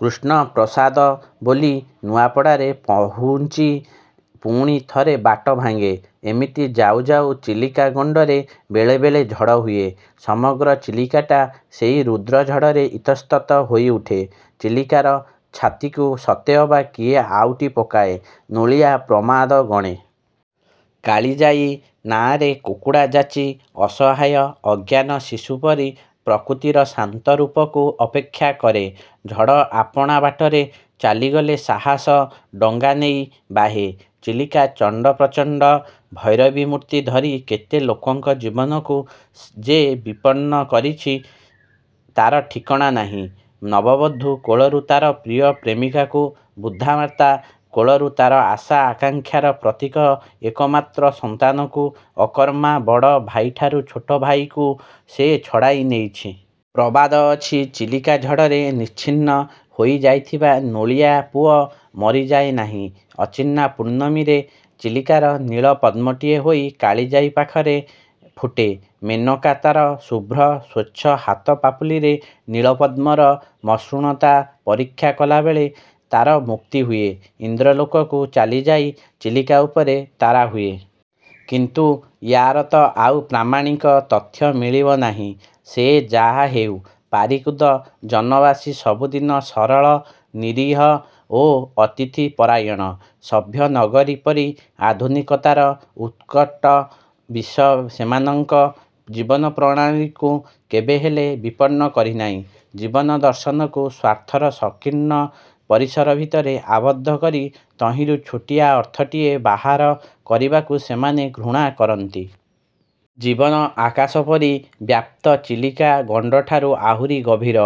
କୃଷ୍ଣପ୍ରସାଦ ବୋଲି ନୂଆପଡ଼ାରେ ପହୁଞ୍ଚି ପୁଣି ଥରେ ବାଟ ଭାଙ୍ଗେ-। ଏମିତି ଯାଉ, ଯାଉ ଚିଲିକା-ଗଣ୍ଡରେ ବେଳେ ବେଳେ ଝଡ଼ ହୁଏ। ସମଗ୍ର ଚିଲିକାଟା ସେହି ରୁଦ୍ର ଝଡ଼ରେ ଇତଃସ୍ତତ ହୋଇଉଠେ। ଚିଲିକାର ଛାତିକୁ ସତେ ଅବା କିଏ ଆଉଟି ପକାଏ-। ନୋଳିଆ ପ୍ରମାଦ ଗଣେ। କାଳିଜାଇ ନାଆଁରେ କୁକୁଡ଼ା ଯାଚି, ଅସହାୟ, ଅଜ୍ଞାନ ଶିଶୁପରି ପ୍ରକୃତିର ଶାନ୍ତରୂପକୁ ଅପେକ୍ଷା କରେ। ଝଡ଼ ଆପଣା ବାଟରେ ଚାଲିଗଲେ ସାହାସ ଡଙ୍ଗା ନେଇ ବାହେ-। ଚିଲିକା ଚଣ୍ଡ ପ୍ରଚଣ୍ଡ-ଭୈରବୀ-ମୂର୍ତ୍ତି ଧରି କେତେ ଲୋକଙ୍କ ଜୀବନକୁ ଯେ ବିପନ୍ନ କରିଛି ତା'ର ଠିକଣା ନାହିଁ। ନବବଧୂ କୋଳରୁ ତା'ର ପ୍ରିୟ ପ୍ରେମିକାକୁ, ବୃଦ୍ଧାମାତା କୋଳରୁ ତା'ର ଆଶା, ଆକାଙ୍କ୍ଷାର ପ୍ରତୀକ ଏକମାତ୍ର ସନ୍ତାନକୁ; ଅକର୍ମା ବଡ଼ ଭାଇଠାରୁ ଛୋଟ ଭାଇକୁ ସେ ଛଡ଼ାଇ ନେଇଛି। ପ୍ରବାଦ ଅଛି, ଚିଲିକା ଝଡ଼ରେ ନିଶ୍ଚିହ୍ନ ହୋଇଯାଇଥିବା ନୋଳିଆ ପୁଅ ମରିଯାଏ ନାହିଁ-। ଅଚିହ୍ନା ପୂର୍ଣ୍ଣମୀରେ ଚିଲିକାର ନୀଳ-ପଦ୍ମଟିଏ ହୋଇ କାଳିଯାଇ ପାଖରେ ଫୁଟେ। ମେନକା ତା'ର ଶୁଭ୍ର, ସ୍ୱଚ୍ଛ ହାତ ପାପୁଲିରେ ନୀଳ-ପଦ୍ମର ମସୃଣତା ପରୀକ୍ଷା କଲାବେଳେ ତାର ମୁକ୍ତି ହୁଏ-। ଇନ୍ଦ୍ରଲୋକକୁ ଚାଲିଯାଇ ଚିଲିକା ଉପରେ ତାରା ହୁଏ;। କିନ୍ତୁ ୟାର ତ ଆଉ ପ୍ରାମାଣିକ ତଥ୍ୟ ମିଳିବ ନାହିଁ! ସେ ଯାହା ହେଉ, ପାରିକୁଦ ଜନବାସୀ ସବୁଦିନ ସରଳ, ନିରୀହ ଓ ଅତିଥି ପରାୟଣ। ସଭ୍ୟ ନଗରୀ ପରି ଆଧୁନିକତାର ଉତ୍କଟ ବିଷ ସେମାନଙ୍କ ଜୀବନ ପ୍ରଣାଳୀକୁ କେବେହେଲେ ବିପନ୍ନ କରି ନାହିଁ। ଜୀବନ-ଦର୍ଶନକୁ ସ୍ୱାର୍ଥର ସଂକୀର୍ଣ୍ଣ ପରିସର ଭିତରେ ଆବଦ୍ଧ କରି ତହିଁରୁ ଛୋଟିଆ ଅର୍ଥଟିଏ ବାହାର କରିବାକୁ ସେମାନେ ଘୃଣା କରନ୍ତି। ଜୀବନ ଆକାଶପରି ବ୍ୟାପ୍ତ ଚିଲିକା ଗଣ୍ଡଠାରୁ ଆହୁରି ଗଭୀର।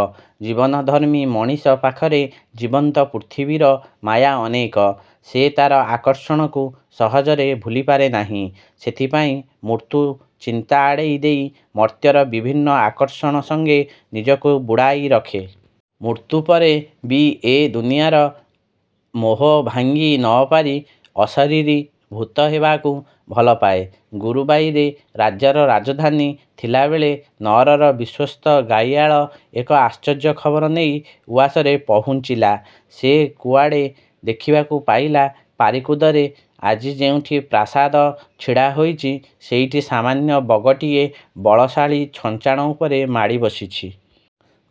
ଜୀବନ ଧର୍ମୀ ମଣିଷ ପାଖରେ ଜୀବନ୍ତ ପୃଥିବୀର ମାୟା ଅନେକ। ସେ ତା'ର ଆକର୍ଷଣକୁ ସହଜରେ ଭୁଲିପାରେ ନାହିଁ। ସେଥିପାଇଁ ମୃତ୍ୟୁ ଚିନ୍ତା ଆଡ଼େଇ ଦେଇ ମର୍ତ୍ତ୍ୟର ବିଭିନ୍ନ ଆକର୍ଷଣ ସଙ୍ଗେ ନିଜକୁ ବୁଡ଼ାଇ ରଖେ। ମୃତ୍ୟୁପରେ ବି ଏ ଦୁନିଆର ମୋହ ଭାଙ୍ଗି ନ ପାରି ଅଶରିରୀ ଭୂତ ହେବାକୁ ଭଲପାଏ। 'ଗୁରୁବାଇ'ରେ ରାଜ୍ୟର ରାଜଧାନୀ ଥିଲାବେଳେ ନଅରର ବିଶ୍ୱସ୍ତ ଗାଈଆଳ ଏକ ଆଶ୍ଚର୍ଯ୍ୟ ଖବର ନେଇ ଉଆସରେ ପହୁଞ୍ଚିଲା। ସେ କୁଆଡ଼େ ଦେଖିବାକୁ ପାଇଲା, ପାରିକୁଦରେ ଆଜି ଯେଉଁଠି ପ୍ରାସାଦ ଛିଡ଼ା ହୋଇଛି, ସେଇଠି ସାମାନ୍ୟ ବଗଟିଏ ବଳଶାଳୀ ଛଞ୍ଚାଣ ଉପରେ ମାଡ଼ି ବସିଛି।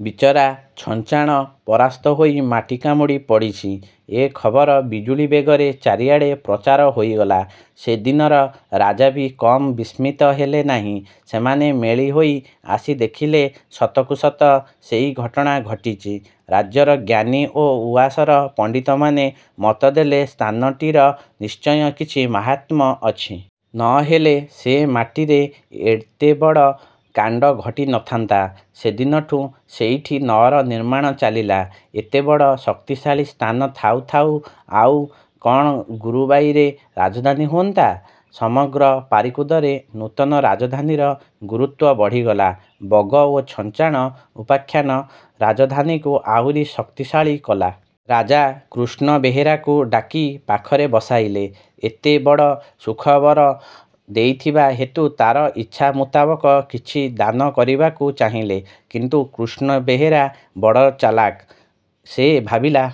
ବିଚରା ଛଞ୍ଚାଣ ପରାସ୍ତ ହୋଇ ମାଟି କାମୁଡ଼ି ପଡ଼ିଛି। ଏ ଖବର ବିଜୁଳୀ ବେଗରେ ଚାରିଆଡ଼େ ପ୍ରଚାର ହୋଇଗଲା। ସେଦିନର ରାଜା ବି କମ୍ ବିସ୍ମିତ ହେଲେ ନାହିଁ। ସେମାନେ ମେଳି ହୋଇ ଆସି ଦେଖିଲେ ସତକୁ ସତ ସେହି ଘଟଣା ଘଟିଛି। ରାଜ୍ୟର ଜ୍ଞାନୀ ଓ ଉଆସର ପଣ୍ଡିତମାନେ ମତଦେଲେ ସ୍ଥାନଟିର ନିଶ୍ଚୟ କିଛି ମାହାତ୍ମ୍ୟ ଅଛି। ନ ହେଲେ ସେ ମାଟିରେ ଏତେବଡ଼ କାଣ୍ଡ ଘଟି ନ ଥାନ୍ତା! ସେହିଦିନଠୁ ସେଇଠି ନଅର ନିର୍ମାଣ ଚାଲିଲା। ଏତେବଡ଼ ଶକ୍ତିଶାଳୀ ସ୍ଥାନ ଥାଉ ଥାଉ ଆଉ କଣ ଗୁରୁବାଇରେ ରାଜଧାନୀ ହୁଅନ୍ତା? ସମଗ୍ର ପାରିକୁଦରେ ନୂତନ ରାଜଧାନୀର ଗୁରୁତ୍ୱ ବଢ଼ିଗଲା। 'ବଗ ଓ ଛଞ୍ଚାଣ' ଉପଖ୍ୟାନ ରାଜଧାନୀକୁ ଆହୁରି ଶକ୍ତିଶାଳୀ କଲା। ରାଜା କୃଷ୍ଣ ବେହେରାକୁ ଡାକି ପାଖରେ ବସାଇଲେ। ଏତେ ବଡ଼ ସୁଖବର ଦେଇଥିବା ହେତୁ ତା'ର ଇଚ୍ଛାମୁତାବକ କିଛି ଦାନ କରିବାକୁ ଚାହିଁଲେ। କିନ୍ତୁ କୃଷ୍ଣ ବେହେରା ବଡ଼ ଚାଲାକ। ସେ ଭାବିଲା,